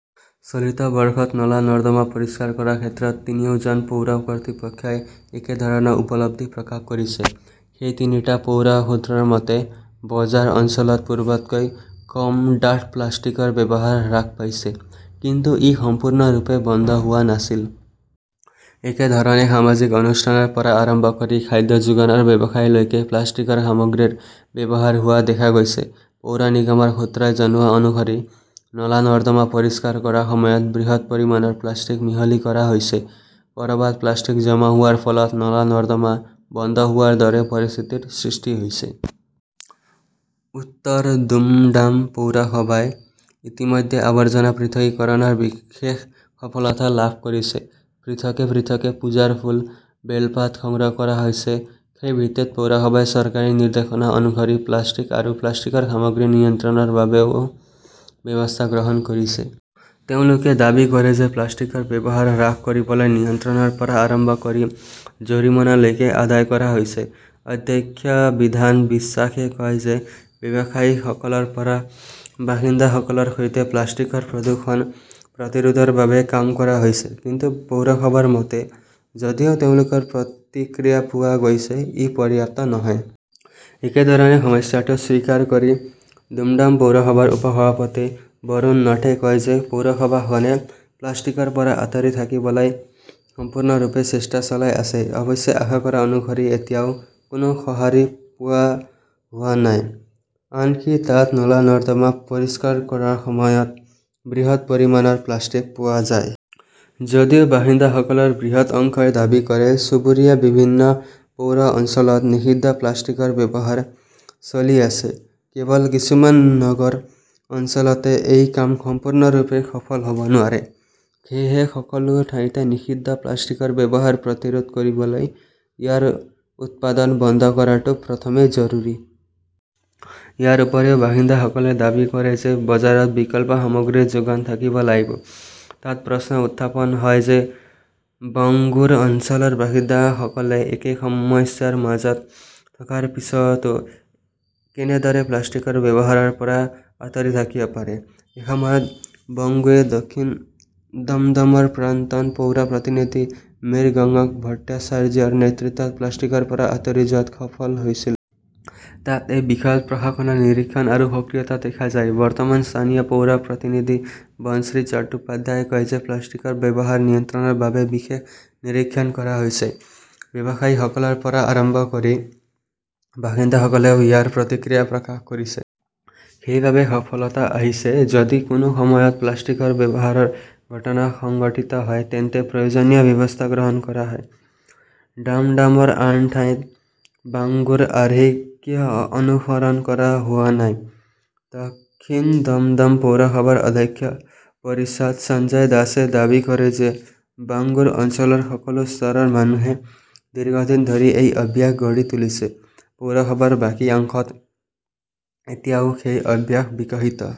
চলিত বৰ্ষত নলা-নৰ্দমা পৰিষ্কাৰ কৰাৰ ক্ষেত্ৰত তিনিওজন পৌৰ কৰ্তৃপক্ষই একেধৰণৰ উপলব্ধি প্ৰকাশ কৰিছে। সেই তিনিটা পৌৰ সূত্ৰৰ মতে, বজাৰ অঞ্চলত পূৰ্বতকৈ কম ডাঠ প্লাষ্টিকৰ ব্যৱহাৰ হ্ৰাস পাইছে। কিন্তু ই সম্পূৰ্ণৰূপে বন্ধ হোৱা নাছিল। একে ধৰণে সামাজিক অনুষ্ঠানৰ পৰা আৰম্ভ কৰি খাদ্য যোগানৰ ব্যৱসায়লৈকে প্লাষ্টিকৰ সামগ্ৰীৰ ব্যৱহাৰ হোৱা দেখা গৈছে। পৌৰ নিগমৰ সূত্ৰই জনোৱা অনুসৰি নলা-নৰ্দমা পৰিষ্কাৰ কৰাৰ সময়ত বৃহৎ পৰিমাণৰ প্লাষ্টিক মিহলি কৰা হৈছে। ক'ৰবাত প্লাষ্টিক জমা হোৱাৰ ফলত নলা-নৰ্দমা বন্ধ হোৱাৰ দৰে পৰিস্থিতিৰ সৃষ্টি হৈছে। উত্তৰ দুমডাম পৌৰসভাই ইতিমধ্যে আৱৰ্জনা পৃথকীকৰণত বিশেষ সফলতা লাভ কৰিছে। পৃথকে পৃথকে পূজাৰ ফুল, বেলপাত সংগ্ৰহ কৰা হৈছে। সেই ভিত্তিত পৌৰসভাই চৰকাৰী নিৰ্দেশনা অনুসৰি প্লাষ্টিক আৰু প্লাষ্টিকৰ সামগ্ৰী নিয়ন্ত্ৰণৰ বাবেও ব্যৱস্থা গ্ৰহণ কৰিছে। তেওঁলোকে দাবী কৰে যে প্লাষ্টিকৰ ব্যৱহাৰ হ্ৰাস কৰিবলৈ নিৰীক্ষণৰ পৰা আৰম্ভ কৰি জৰিমনালৈকে আদায় কৰা হৈছে। অধ্যক্ষ বিধান বিশ্বাসে কয় যে ব্যৱসায়ীসকলৰ পৰা বাসিন্দাসকলৰ সৈতে প্লাষ্টিকৰ প্ৰদূষণ প্ৰতিৰোধৰ বাবে কাম কৰা হৈছে। কিন্তু পৌৰসভাৰ মতে, যদিও তেওঁলোকৰ প্ৰতিক্ৰিয়া পোৱা গৈছে, ই পৰ্যাপ্ত নহয়। একেধৰণে সমস্যাটো স্বীকাৰ কৰি দুমডাম পৌৰসভাৰ উপ-সভাপতি বৰুণ নটে কয় যে পৌৰসভাখনে প্লাষ্টিকৰ পৰা আঁতৰি থাকিবলৈ সম্পূৰ্ণৰূপে চেষ্টা চলাই আছে। অৱশ্যে, আশা কৰা অনুসৰি এতিয়াও কোনো সঁহাৰি পোৱা হোৱা নাই। আনকি তাত নলা-নৰ্দমা পৰিষ্কাৰ কৰাৰ সময়ত বৃহৎ পৰিমাণৰ প্লাষ্টিক পোৱা যায়। যদিও বাসিন্দাসকলৰ বৃহৎ অংশই দাবী কৰে, চুবুৰীয়া বিভিন্ন পৌৰ অঞ্চলত নিষিদ্ধ প্লাষ্টিকৰ ব্যৱহাৰ চলি আছে। কেৱল কিছুমান নগৰ অঞ্চলতহে এই কাম সম্পূৰ্ণৰূপে সফল হ'ব নোৱাৰে। সেয়েহে সকলো ঠাইতে নিষিদ্ধ প্লাষ্টিকৰ ব্যৱহাৰ প্ৰতিৰোধ কৰিবলৈ ইয়াৰ উৎপাদন বন্ধ কৰাটো প্ৰথমে জৰুৰী। ইয়াৰ উপৰিও, বাসিন্দাসকলে দাবী কৰে যে বজাৰত বিকল্প সামগ্ৰীৰ যোগান থাকিব লাগিব। তাত প্ৰশ্ন উত্থাপন হয় যে বংগুৰ অঞ্চলৰ বাসিন্দাসকলে একে সমস্যাৰ মাজত থকাৰ পিছতো কেনেদৰে প্লাষ্টিকৰ ব্যৱহাৰৰ পৰা আঁতৰি থাকিব পাৰে? এসময়ত, বংগুৰে দক্ষিণ দমদমৰ প্ৰাক্তন পৌৰ প্ৰতিনিধি মিৰগংক ভট্টাচাৰ্যৰ নেতৃত্বত প্লাষ্টিকৰ পৰা আঁতৰি যোৱাত সফল হৈছিল। তাত এই বিষয়ত প্ৰশাসনৰ নিৰীক্ষণ আৰু সক্ৰিয়তা দেখা যায়। বৰ্তমান স্থানীয় পৌৰ প্ৰতিনিধি বনশ্ৰী চট্টোপাধ্যায়ই কয় যে প্লাষ্টিকৰ ব্যৱহাৰ নিয়ন্ত্ৰণৰ বাবে বিশেষ নিৰীক্ষণ কৰা হৈছে। ব্যৱসায়ীসকলৰ পৰা আৰম্ভ কৰি বাসিন্দাসকলেও ইয়াৰ প্ৰতিক্ৰিয়া প্ৰকাশ কৰিছে। সেইবাবেই সফলতা আহিছে। যদি কোনো সময়ত প্লাষ্টিকৰ ব্যৱহাৰৰ ঘটনা সংঘটিত হয় তেন্তে প্ৰয়োজনীয় ব্যৱস্থা গ্ৰহণ কৰা হয়। ডামডামৰ আন ঠাইত বাংগুৰ আৰ্হি কিয় অনুসৰণ কৰা হোৱা নাই? দক্ষিণ দমদম পৌৰসভাৰ অধ্যক্ষ পৰিশ্বাদ সঞ্জয় দাসে দাবী কৰে যে বাংগুৰ অঞ্চলৰ সকলো স্তৰৰ মানুহে দীৰ্ঘদিন ধৰি এই অভ্যাস গঢ়ি তুলিছে। পৌৰসভাৰ বাকী অংশত এতিয়াও সেই অভ্যাস বিকশিত।